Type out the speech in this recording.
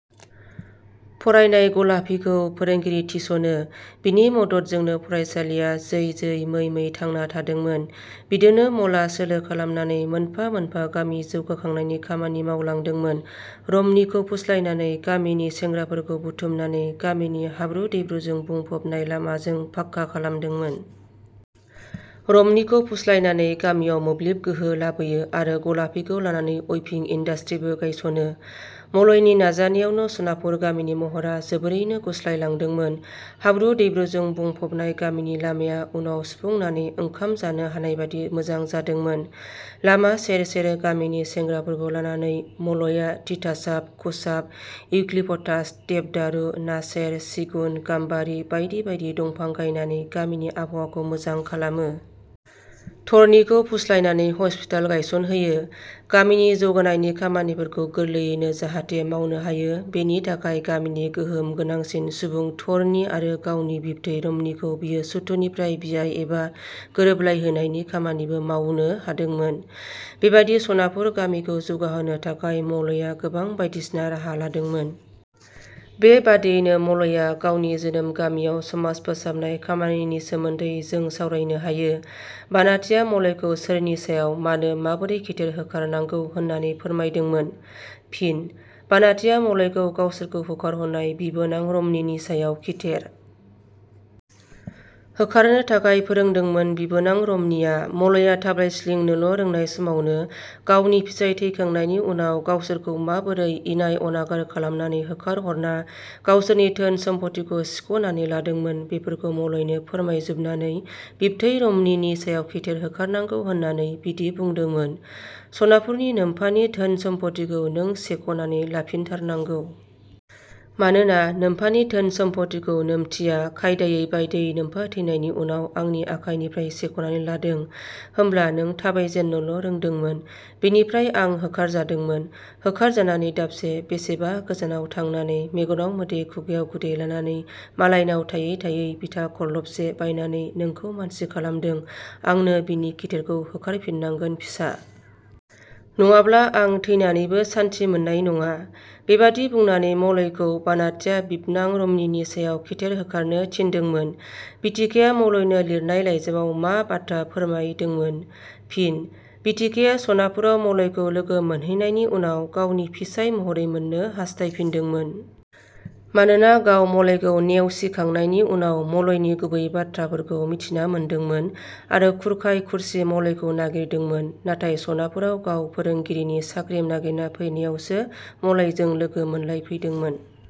फरायनाय गलापीखौ फोरोंगिरि थिसनो। बिनि मददजोंनो फरायसालिया जै जै मै मै थांना थादोंमोन। बिदिनो मलया सोलो खालामनानै मोनफा मोनफा गामि जौगाखांनायनि खामानि मावलांदोंमोन। रमनिखौ फुस्लायनानै गामिनि सेंग्राफोरखौ बुथुमनानै गामिनि हाब्रु दैब्रुजों बुंफबनाय लामाजों पाका खालामदोंमोन। रमनिखौ फुस्लायनानै गामियाव मोब्लिब गोहो लाबोयो आरो गलापिखौ लानानै उइभिं इन्दास्ट्रिबो गायसनो। मलयनि नाजानायावनो सनापुर गामिनि महरा जोबोरैनो गुस्लायलांदोंमोन। हाब्रु दैब्रुजों बुंफबनाय गामिनि लामाया उनाव सुफुंनानै ओंखाम जानो हानायबादि मोजां जादोंमोन। लामा सेर सेर गामिनि सेंग्राफोरखौ लानानै मलया तितासाप, खुजाब, इउक्लिपतास, देबदारू, नासेर, सिगुन, गाम्बारि बायदि बायदि दमफां गायनानै गामिनि आबहावाखौ मोजां खालामो। धरनिखौ फुस्लायनानै हस्पिताल गायसनहोयो। गामिनि जौगानायनि खामानिफोरखौ गोरलैयैनो जाहाथे मावनो हायो बेनि थाखाय गामिनि गोहोम गोनांसिन सुबुं धरनि आरो गावनि बिबथै रमनिखौ बियो सुथुरनिफ्राय बियाय एबा गोरोबलायहोनायनि खामानिबो मावनो हादोंमोन। बेबादिनो सनापुर गामिखौ जौगाहोनो थाखाय मलया गोबां बायदिसिना राहा लादोंमोन। बेबादियैनो मलया गावनि जोनोम गामियाव समाज फोसाबनाय खामानिनि सोमोन्दै जों सावरायनो हायो। बानाथिया मलयखौ सोरनि सायाव मानो माबोरै खिथेर होखार- नांगौ होननानै फोरमायदोंमोन? ' फिनः बानाथिया मलयखौ गावसोरखौ होखारहरनाय बिबोनां रमनिनि सायाव खिथेर होखारनो थाखाय फोरोंदोंमोन बिबोनां रमनिया मलया 'थाबायस्लिंनोल' रोंनाय समावनो गावनि फिसाइ थैखांनायनि उनाव गावसोरखौ माबोरै इनाय अनागार खालामनानै होखारहरना गावसोरनि धोन सम्फथिखौ सिखनानै लादोंमोन बेफोरखौ मलयनो फोरमायजुबनानै बिबथै रमनिनि सायाव खिथेर होखारनांगौ होननानै बिदि बुंदोंमोन- "सनापुरनि नोमफानि धोन सम्फथिखौ नों सेखनानै लाफिनथारनांगौ। मानोना नोम्फानि धोन सम्फथिखौ नोमथिया खायदायै बायदायै नोमफा थैनायनि उनाव आंनि आखाइनिफ्राय सेखनानै लादों। होमब्ला नों थाबायजेननोल' रोंदोंमोन। बेनिफ्राय आं होखारजादोंमोन। होखारजानानै दाबसे 'बेसेबा गोजानाव थांनानै मेगनाव मोदै खुगायाव खुदै लानानै मालायनाव थायै थायै भिथा खरलबसे बायनानै नोंखौ मानसि खालामदों आंनों बिनि खिथेरखौ होखारफिननांगोन फिसा। नङाब्ला आं थैनानैबो सान्थि मोननाय नङा। " बेबादि बुंनानै मलयखौ बानाथिया बिबनां रमनिनि सायाव खिथेर होखारनो थिनदोंमोन। बिथिकाया मलयनो लिरनाय लाइजामाव मा बाथ्रा फोरमाय- दोंमोन? फिन: बिथिकाया सनापुराव मलयखौ लोगो मोनहैनायनि उनाव गावनि फिसाइ महरै मोननो हास्थायफिनदोंमोन। मानोना गाव मलयखौ नेवसिखांनायनि उनाव मलयनि गुबै बाथ्राफोरखौ मिथिना मोनदोंमोन आरो खुरखाय खुरसि मलयखौ नागिरदोंमोन नाथाय सनापुराव गाव फोरोंगिरिनि साख्रि नागिरना फैनायावसो मलयजों लोगो मोनलायफैदोंमोन।।